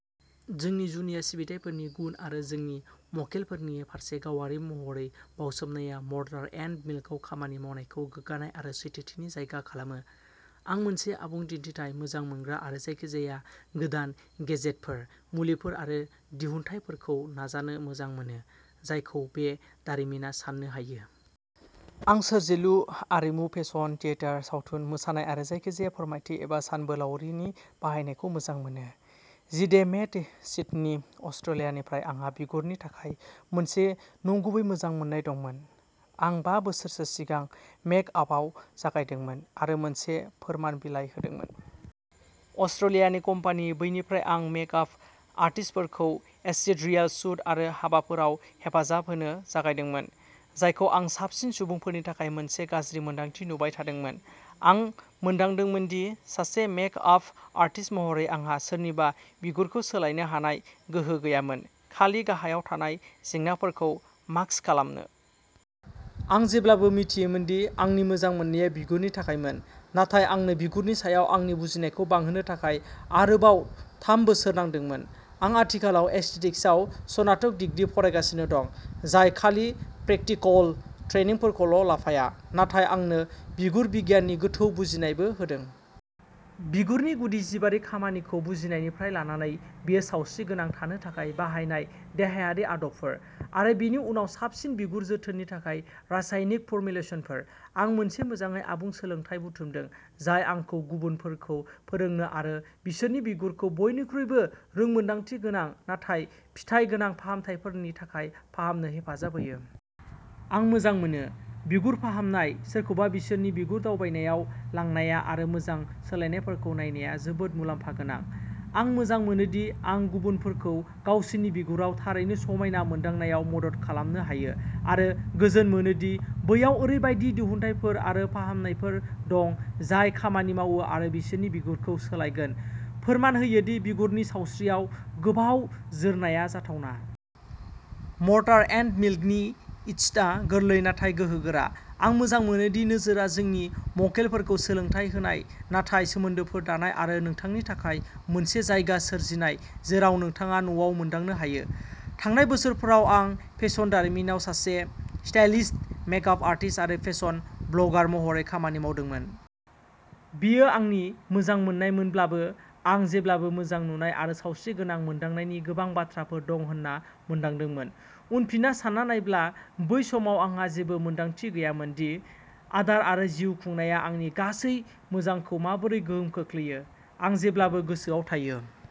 जोंनि जुनिया सिबिथाइफोरनि गुन आरो जोंनि मक्केलफोरनि फारसे गावारि महरै बावसोमनाया मर्टार एन्ड मिल्कआव खामानि मावनायखौ गोग्गानाय आरो सैथोथिनि जायगा खालामो। आं मोनसे आबुं दिहुनथाय मोजां मोनग्रा आरो जायखिजाया गोदान गेजेटफोर, मुलिफोर आरो दिहुनथायफोरखौ नाजानो मोजां मोनो, जायखौ बे दारिमिना साननो हायो। आं सोरजिलु, आरिमु, फेसन, थियेटार, सावथुन, मोसानाय आरो जायखिजाया फोरमायथि एबा सानबोलावरिनि बाहायनायखौ मोजां मोनो। जिडे मेट सिडनी अस्ट्रेलियानिफ्राय आंहा बिगुरनि थाखाय मोनसे नंगुबै मोजां मोन्नाय दंमोन। आं बा बोसोरसो सिगां मेकआपआव जागायदोंमोन आरो मोनसे फोरमान बिलाइ होदोंमोन। अस्ट्रेलियानि कम्पानि, बैनिफ्राय आं मेकआप आर्टिस्टफोरखौ एडिट'रियेल शूट आरो हाबाफोराव हेफाजाब होनो जागायदोंमोन, जायखौ आं साबसिन सुबुंफोरनि थाखाय मोनसे गाज्रि मोन्दांथि नुबाय थादोंमोन, आं मोनदांदोंमोन दि सासे मेकआप आर्टिस्ट महरै आंहा सोरनिबा बिगुरखौ सोलायनो हानाय गोहो गैयामोन, खालि गाहायाव थानाय जेंनाफोरखौ मास्क खालामनो। आं जेब्लाबो मिथियोमोन दि आंनि मोजां मोननाया बिगुरनि थाखायमोन, नाथाय आंनो बिगुरनि सायाव आंनि बुजिनायखौ बांहोनो थाखाय आरोबाव थाम बोसोर नांदोंमोन। आं आथिखालाव एस्थेटिक्सआव स्नातक डिग्री फरायगासिनो दं, जाय खालि प्रेकटिकल ट्रेइनिंखौल' लाफाया, नाथाय आंनो बिगुर-बिगियाननि गोथौ बुजिनायबो होदों। बिगुरनि गुदि जिबारि खामानिखौ बुजिनायनिफ्राय लानानै बेयो सावस्रिगोनां थानो थाखाय बाहायनाय देहायारि आदबफोर आरो बेनि उनाव साबसिन बिगुर जोथोननि थाखाय रासायनिक फर्मुलेसनफोर, आं मोनसे मोजाङै आबुं सोलोंथाय बुथुमदों जाय आंखौ गुबुनफोरखौ फोरोंनो आरो बिसोरनि बिगुरखौ बयनिख्रुइबो रोंमोनदांथिगोनां नाथाय फिथाय गोनां फाहामथायफोरनि थाखाय फाहामनो हेफाजाब होयो। आं मोजां मोनो। बिगुरखौ फाहामनाय, सोरखौबा बिसोरनि बिगुर दावबायनायाव लांनाया आरो मोजां सोलायनायफोरखौ नायनाया जोबोद मुलाम्फा गोनां। आं मोजां मोनो दि आं गुबुनफोरखौ गावसोरनि बिगुराव थारैनो समायना मोनदांनायाव मदद खालामनो हायो आरो गोजोन मोनो दि बैयाव ओरैबायदि दिहुनथायफोर आरो फाहामनायफोर दं जाय खामानि मावो आरो बिसोरनि बिगुरखौ सोलायगोन, फोरमान होयो दि बिगुरनि सावस्रियाव गोबाव जोरनाया जाथावना। मर्टार एन्ड मिल्कनि इथ'सआ गोरलै नाथाय गोहोगोरा, आं मोजां मोनो दि नोजोरआ जोंनि मक्केलफोरखौ सोलोंथाय होनाय नाथाय सोमोन्दोफोर दानाय आरो नोंथांनि थाखाय मोनसे जायगा सोरजिनाय जेराव नोंथाङा न'आव मोनदांनो हायो। थांनाय बोसोरफोराव आं फेशन दारिमिनाव सासे स्टाइलिस्ट, मेक-आप आर्टिस्ट आरो फेशन ब्लगार महरै खामानि मावदोंमोन। बेयो आंनि मोजांमोननायमोनब्लाबो, आं जेब्लाबो मोजां नुनाय आरो सावस्रिगोनां मोनदांनायनि गोबां बाथ्राफोर दं होन्ना मोनदांदोंमोन। उनफिनना सानना नायब्ला, बै समाव आंहा जेबो मोनदांथि गैयामोन दि आदार आरो जिउ खुंनाया आंनि गासै मोजांखौ माबोरै गोहोम खोख्लैयो। आं जेब्लाबो गोसोआव थायो।